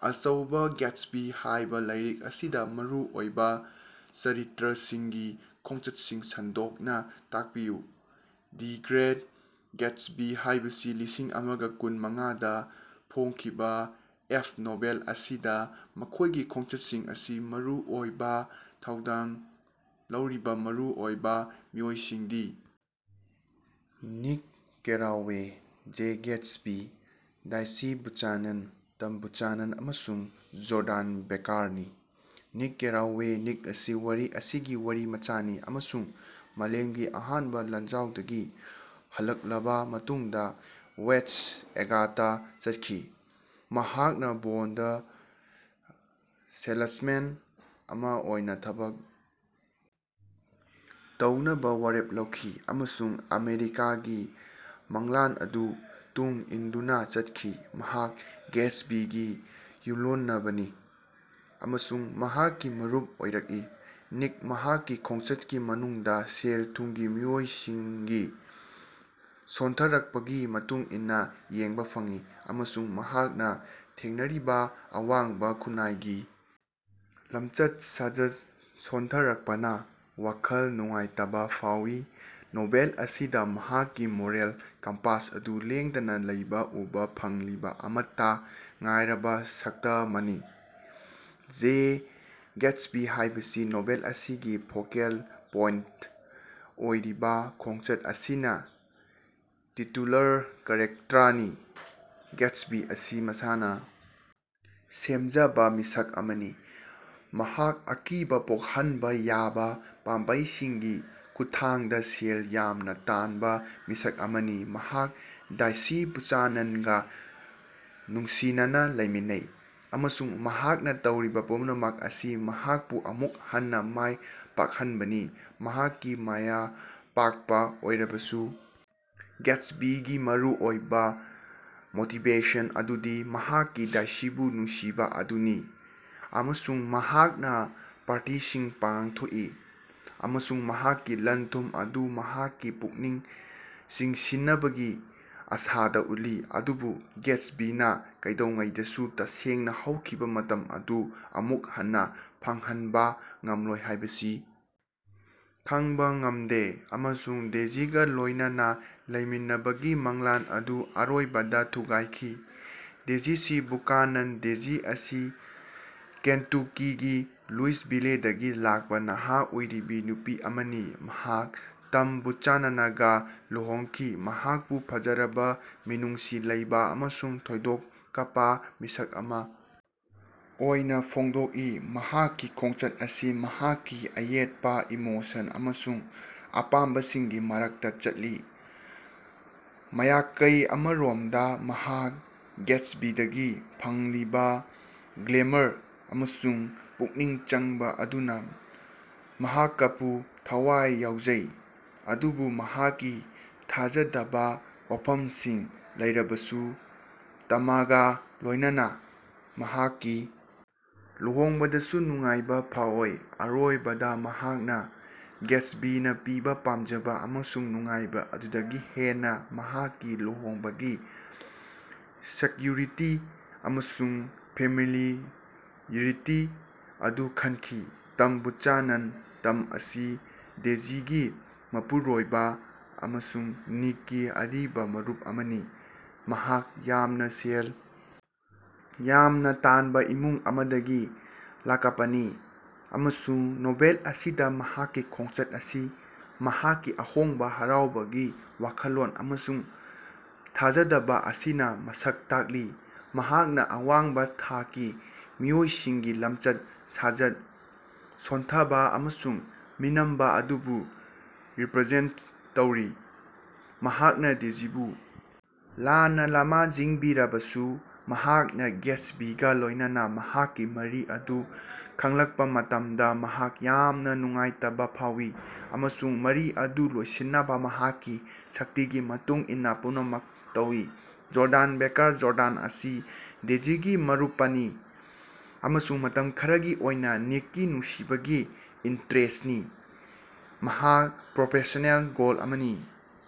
"ꯑꯆꯧꯕꯥ ꯒ꯭ꯌꯦꯇꯁꯕꯤ ꯍꯥꯏꯕꯥ ꯂꯥꯏꯔꯤꯛ ꯑꯁꯤꯗꯥ ꯃꯔꯨ ꯑꯣꯏꯕꯥ ꯆꯔꯤꯇ꯭ꯔꯁꯤꯡꯒꯤ ꯈꯣꯡꯆꯠꯁꯤꯡ ꯁꯟꯗꯣꯛꯅꯥ ꯇꯥꯛꯄꯤꯌꯨ꯫"ꯗꯤ ꯒ꯭ꯔꯦꯠ ꯒ꯭ꯌꯦꯇꯁꯕꯤ" ꯍꯥꯏꯕꯁꯤ ꯂꯤꯁꯤꯡ ꯑꯃꯒ ꯀꯨꯟ ꯃꯉꯥ ꯗꯥ ꯐꯣꯡꯈꯤꯕꯥ ꯑꯦꯐ. ꯅꯣꯚꯦꯜ ꯑꯁꯤꯗꯥ ꯃꯈꯣꯏꯒꯤ ꯈꯣꯡꯆꯠꯁꯤꯡ ꯑꯁꯤ ꯃꯔꯨ ꯑꯣꯏꯕꯥ ꯊꯧꯗꯥꯡ ꯂꯧꯔꯤꯕꯥ ꯃꯔꯨ ꯑꯣꯏꯕꯥ ꯃꯤꯑꯣꯏꯁꯤꯡꯗꯤ Nick Carraway, Jay Gatsby, Daisy Buchanan, Tom Buchanan ꯑꯃꯁꯨꯡ ꯖꯣꯔꯗꯥꯟ ꯕꯦꯀꯥꯔꯅꯤ꯫ ꯅꯤꯛ ꯀꯦꯔꯥꯋꯦ ꯅꯤꯛ ꯑꯁꯤ ꯋꯥꯔꯤ ꯑꯁꯤꯒꯤ ꯋꯥꯔꯤꯃꯆꯥꯅꯤ ꯑꯃꯁꯨꯡ ꯃꯥꯂꯦꯝꯒꯤ ꯑꯍꯥꯟꯕ ꯂꯥꯟꯖꯥꯎꯗꯒꯤ ꯍꯜꯂꯛꯂꯕꯥ ꯃꯇꯨꯡꯗꯥ ꯋꯦꯁ꯭ꯠ ꯑꯦꯒꯇꯥ ꯆꯠꯈꯤ꯫ ꯃꯍꯥꯛꯅꯥ ꯕꯣꯟꯗ ꯁꯦꯜꯂꯁꯃꯦꯟ ꯑꯃꯥ ꯑꯣꯏꯅꯥ ꯊꯕꯛ ꯇꯧꯅꯕꯥ ꯋꯥꯔꯦꯞ ꯂꯧꯈꯤ꯫ ꯑꯃꯁꯨꯡ ꯑꯃꯦꯔꯤꯀꯥꯒꯤ ꯃꯪꯂꯥꯟ ꯑꯗꯨ ꯇꯨꯡ ꯏꯟꯗꯨꯅꯥ ꯆꯠꯈꯤ꯫ ꯃꯍꯥꯛ ꯒ꯭ꯌꯦꯇꯁꯕꯤꯒꯤ ꯌꯨꯝꯂꯣꯟꯅꯕꯅꯤ ꯑꯃꯁꯨꯡ ꯃꯍꯥꯛꯀꯤ ꯃꯔꯨꯞ ꯑꯣꯏꯔꯛꯏ꯫ ꯅꯤꯛ ꯃꯍꯥꯛꯀꯤ ꯈꯣꯡꯆꯠꯀꯤ ꯃꯅꯨꯡꯗꯥ ꯁꯦꯜ-ꯊꯨꯝꯒꯤ ꯃꯤꯑꯣꯏꯁꯤꯡꯒꯤ ꯁꯣꯟꯊꯔꯛꯄꯒꯤ ꯃꯇꯨꯡ ꯏꯟꯅꯥ ꯌꯦꯡꯕꯥ ꯐꯪꯏ꯫ ꯑꯃꯁꯨꯡ ꯃꯍꯥꯛꯅꯥ ꯊꯦꯡꯅꯔꯤꯕꯥ ꯑꯋꯥꯡꯕꯥ ꯈꯨꯟꯅꯥꯏꯒꯤ ꯂꯝꯆꯠ-ꯁꯥꯖꯠ ꯁꯣꯟꯊꯔꯛꯄꯅꯥ ꯋꯥꯈꯜ ꯅꯨꯡꯉꯥꯏꯇꯕꯥ ꯐꯥꯎꯏ꯫ ꯅꯣꯚꯦꯜ ꯑꯁꯤꯗꯥ ꯃꯍꯥꯛꯀꯤ ꯃꯣꯔꯦꯜ ꯀꯝꯄꯥꯁ ꯑꯗꯨ ꯂꯦꯡꯗꯅꯥ ꯂꯩꯕꯥ ꯎꯕꯥ ꯐꯪꯂꯤꯕꯥ ꯑꯃꯠꯇꯥ ꯉꯥꯏꯔꯕꯥ ꯁꯛꯇꯃꯅꯤ꯫ ꯖꯦ ꯒ꯭ꯌꯦꯇꯁꯕꯤ ꯍꯥꯏꯕꯁꯤ ꯅꯣꯚꯦꯜ ꯑꯁꯤꯒꯤ ꯐꯣꯀꯦꯜ ꯄꯣꯏꯟꯇ ꯑꯣꯏꯔꯤꯕꯥ ꯈꯣꯡꯆꯠ ꯑꯁꯤꯅꯥ ꯇꯤꯇꯨꯂꯔ ꯀꯦꯔꯦꯛꯇ꯭ꯔꯅꯤ꯫ ꯒ꯭ꯌꯦꯇꯁꯕꯤ ꯑꯁꯤ ꯃꯁꯥꯅꯥ ꯁꯦꯝꯖꯕꯥ ꯃꯤꯁꯛ ꯑꯃꯅꯤ꯫ ꯃꯍꯥꯛ ꯑꯀꯤꯕꯥ ꯄꯣꯛꯍꯟꯕꯥ ꯌꯥꯕꯥ ꯄꯥꯝꯕꯩꯁꯤꯡꯒꯤ ꯈꯨꯠꯊꯥꯡꯗꯥ ꯁꯦꯜ ꯌꯥꯝꯅꯥ ꯇꯥꯟꯕꯥ ꯃꯤꯁꯛ ꯑꯃꯅꯤ꯫ ꯃꯍꯥꯛ ꯗꯥꯏꯁꯤ ꯕꯨꯆꯥꯅꯟꯒꯥ ꯅꯨꯡꯁꯤꯅꯅꯥ ꯂꯩꯃꯤꯟꯅꯩ꯫ ꯑꯃꯁꯨꯡ ꯃꯍꯥꯛꯅꯥ ꯇꯧꯔꯤꯕꯥ ꯄꯨꯝꯅꯃꯛ ꯑꯁꯤ ꯃꯍꯥꯛꯄꯨ ꯑꯃꯨꯛ ꯍꯟꯅꯥ ꯃꯥꯏ ꯄꯥꯛꯍꯟꯕꯅꯤ꯫ ꯃꯍꯥꯛꯀꯤ ꯃꯥꯌ ꯄꯥꯛꯄꯥ ꯑꯣꯏꯔꯕꯁꯨ ꯒ꯭ꯌꯦꯇꯁꯕꯤꯒꯤ ꯃꯔꯨꯑꯣꯏꯕꯥ ꯃꯣꯇꯤꯕꯦꯁꯟ ꯑꯗꯨꯗꯤ ꯃꯍꯥꯛꯀꯤ ꯗꯥꯏꯁꯤꯕꯨ ꯅꯨꯡꯁꯤꯕꯥ ꯑꯗꯨꯅꯤ꯫ ꯑꯃꯁꯨꯡ ꯃꯍꯥꯛꯅꯥ ꯄꯥꯔꯇꯤꯁꯤꯡ ꯄꯥꯡꯊꯣꯛꯏ ꯫ꯑꯃꯁꯨꯡ ꯃꯍꯥꯛꯀꯤ ꯂꯟ-ꯊꯨꯝ ꯑꯗꯨ ꯃꯍꯥꯛꯀꯤ ꯄꯨꯛꯅꯤꯡ ꯆꯤꯡꯁꯤꯅꯕꯒꯤ ꯑꯥꯁꯥꯗꯥ ꯎꯠꯂꯤ꯫ ꯑꯗꯨꯕꯨ ꯒ꯭ꯌꯦꯇꯁꯕꯤꯅꯥ ꯀꯩꯗꯧꯉꯩꯗꯁꯨ ꯇꯁꯦꯡꯅꯥ ꯍꯧꯈꯤꯕꯥ ꯃꯇꯝ ꯑꯗꯨ ꯑꯃꯨꯛ ꯍꯟꯅꯥ ꯐꯪꯍꯟꯕꯥ ꯉꯝꯂꯣꯏ ꯍꯥꯏꯕꯁꯤ ꯈꯡꯕꯥ ꯉꯝꯗꯦ꯫ ꯑꯃꯁꯨꯡ ꯗꯦꯖꯤꯒꯥ ꯂꯣꯏꯅꯅꯥ ꯂꯩꯃꯤꯟꯅꯕꯒꯤ ꯃꯪꯂꯥꯟ ꯑꯗꯨ ꯑꯔꯣꯏꯕꯗꯥ ꯊꯨꯒꯥꯏꯈꯤ꯫ ꯗꯦꯖꯤꯁꯤ ꯕꯨꯀꯥꯅꯟ ꯗꯦꯖꯤ ꯑꯁꯤ ꯀꯦꯟꯇꯨꯀꯤꯒꯤ ꯂꯨꯏꯁꯚꯤꯂꯦꯗꯒꯤ ꯂꯥꯛꯄꯥ ꯅꯍꯥ ꯑꯣꯏꯔꯤꯕꯤ ꯅꯨꯄꯤ ꯑꯃꯅꯤ꯫ ꯃꯍꯥꯛ ꯇꯝ ꯕꯨꯆꯥꯅꯅꯒꯥ ꯂꯨꯍꯣꯡꯈꯤ꯫ ꯃꯍꯥꯛꯄꯨ ꯐꯖꯔꯕꯥ, ꯃꯤꯅꯨꯡꯁꯤ ꯂꯩꯕꯥ ꯑꯃꯁꯨꯡ ꯊꯣꯏꯗꯣꯀꯄꯥ ꯃꯤꯁꯛ ꯑꯃꯥ ꯑꯣꯏꯅꯥ ꯐꯣꯡꯗꯣꯛꯏ꯫ ꯃꯍꯥꯛꯀꯤ ꯈꯣꯡꯆꯠ ꯑꯁꯤ ꯃꯍꯥꯛꯀꯤ ꯑꯌꯦꯠꯄꯥ ꯏꯃꯣꯁꯟ ꯑꯃꯁꯨꯡ ꯑꯄꯥꯝꯕꯁꯤꯡꯒꯤ ꯃꯔꯛꯇꯥ ꯆꯠꯂꯤ꯫ ꯃꯥꯌꯀꯩ ꯑꯃꯔꯣꯃꯗꯥ ꯃꯍꯥꯛ ꯒ꯭ꯌꯦꯇꯁꯕꯤꯗꯒꯤ ꯐꯪꯂꯤꯕꯥ ꯒ꯭ꯂꯦꯃꯔ ꯑꯃꯁꯨꯡ ꯄꯨꯛꯅꯤꯡ ꯆꯪꯕꯥ ꯑꯗꯨꯅꯥ ꯃꯍꯥꯀꯄꯨ ꯊꯋꯥꯏ ꯌꯥꯎꯖꯩ ꯑꯗꯨꯕꯨ ꯃꯍꯥꯛꯀꯤ ꯊꯥꯖꯗꯕꯥ ꯋꯥꯐꯝꯁꯤꯡ ꯂꯩꯔꯕꯁꯨ ꯇꯃꯒꯥ ꯂꯣꯏꯅꯅꯥ ꯃꯍꯥꯛꯀꯤ ꯂꯨꯍꯣꯡꯕꯗꯁꯨ ꯅꯨꯡꯉꯥꯏꯕꯥ ꯐꯥꯑꯣꯏ꯫ ꯑꯔꯣꯏꯕꯗꯥ ꯃꯍꯥꯛꯅꯥ ꯒ꯭ꯌꯦꯇꯁꯕꯤꯅꯥ ꯄꯤꯕꯥ ꯄꯥꯝꯖꯕꯥ ꯑꯃꯁꯨꯡ ꯅꯨꯡꯉꯥꯏꯕꯥ ꯑꯗꯨꯗꯒꯤ ꯍꯦꯟꯅꯥ ꯃꯍꯥꯛꯀꯤ ꯂꯨꯍꯣꯡꯕꯒꯤ ꯁꯦꯛꯌꯨꯔꯤꯇꯤ ꯑꯃꯁꯨꯡ ꯐꯦꯃꯤꯂꯤꯌ꯭ꯔꯤꯇꯤ ꯑꯗꯨ ꯈꯟꯈꯤ꯫ ꯇꯝ ꯕꯨꯆꯥꯅꯟ ꯇꯝ ꯑꯁꯤ ꯗꯦꯖꯤꯒꯤ ꯃꯄꯨꯔꯣꯏꯕꯥ ꯑꯃꯁꯨꯡ ꯅꯤꯛꯀꯤ ꯑꯔꯤꯕꯥ ꯃꯔꯨꯞ ꯑꯃꯅꯤ꯫ ꯃꯍꯥꯛ ꯌꯥꯝꯅꯥ ꯁꯦꯜ ꯌꯥꯝꯅꯥ ꯇꯥꯟꯕꯥ ꯏꯃꯨꯡ ꯑꯃꯗꯒꯤ ꯂꯥꯀꯄꯅꯤ꯫ ꯑꯃꯁꯨꯡ ꯅꯣꯚꯦꯜ ꯑꯁꯤꯗꯥ ꯃꯍꯥꯛꯀꯤ ꯈꯣꯡꯆꯠ ꯑꯁꯤ ꯃꯍꯥꯛꯀꯤ ꯑꯍꯣꯡꯕꯥ ꯍꯔꯥꯎꯕꯒꯤ ꯋꯥꯈꯜꯂꯣꯟ ꯑꯃꯁꯨꯡ ꯊꯥꯖꯗꯕꯥ ꯑꯁꯤꯅꯥ ꯃꯁꯛ ꯇꯥꯛꯂꯤ꯫ ꯃꯍꯥꯛꯅꯥ ꯑꯋꯥꯡꯕꯥ ꯊꯥꯛꯀꯤ ꯃꯤꯑꯣꯏꯁꯤꯡꯒꯤ ꯂꯝꯆꯠ-ꯁꯥꯖꯠ ꯁꯣꯟꯊꯕꯥ ꯑꯃꯁꯨꯡ ꯃꯤꯅꯝꯕꯥ ꯑꯗꯨꯕꯨ ꯔꯤꯞ꯭ꯔꯖꯦꯟꯇ ꯇꯧꯔꯤ꯫ ꯃꯍꯥꯛꯅꯥ ꯗꯦꯖꯤꯕꯨ ꯂꯥꯟꯅꯥ ꯂꯃꯖꯤꯡꯕꯤꯔꯕꯁꯨ, ꯃꯍꯥꯛꯅꯥ ꯒ꯭ꯌꯦꯇꯁꯕꯤꯒꯥ ꯂꯣꯏꯅꯅꯥ ꯃꯍꯥꯛꯀꯤ ꯃꯔꯤ ꯑꯗꯨ ꯈꯡꯂꯛꯄꯥ ꯃꯇꯝꯗꯥ ꯃꯍꯥꯛ ꯌꯥꯝꯅꯥ ꯅꯨꯡꯉꯥꯏꯇꯕꯥ ꯐꯥꯎꯏ꯫ ꯑꯃꯁꯨꯡ ꯃꯔꯤ ꯑꯗꯨ ꯂꯣꯏꯁꯤꯟꯅꯕꯥ ꯃꯍꯥꯛꯀꯤ ꯁꯛꯇꯤꯒꯤ ꯃꯇꯨꯡ ꯏꯟꯅꯥ ꯄꯨꯝꯅꯃꯛ ꯇꯧꯏ꯫ ꯖꯣꯔꯗꯥꯟ ꯕꯦꯀꯥꯔ ꯖꯣꯔꯗꯥꯟ ꯑꯁꯤ ꯗꯦꯖꯤꯒꯤ ꯃꯔꯨꯄꯅꯤ꯫ ꯑꯃꯁꯨꯡ ꯃꯇꯝ ꯈꯔꯒꯤ ꯑꯣꯏꯅꯥ ꯅꯤꯛꯀꯤ ꯅꯨꯡꯁꯤꯕꯒꯤ ꯏꯟꯇꯔꯦꯁ꯭ꯠꯅꯤ꯫ ꯃꯍꯥꯛ ꯄ꯭ꯔꯣꯐꯦꯁ꯭ꯅꯦꯜ ꯒꯣꯜ ꯑꯃꯅꯤ꯫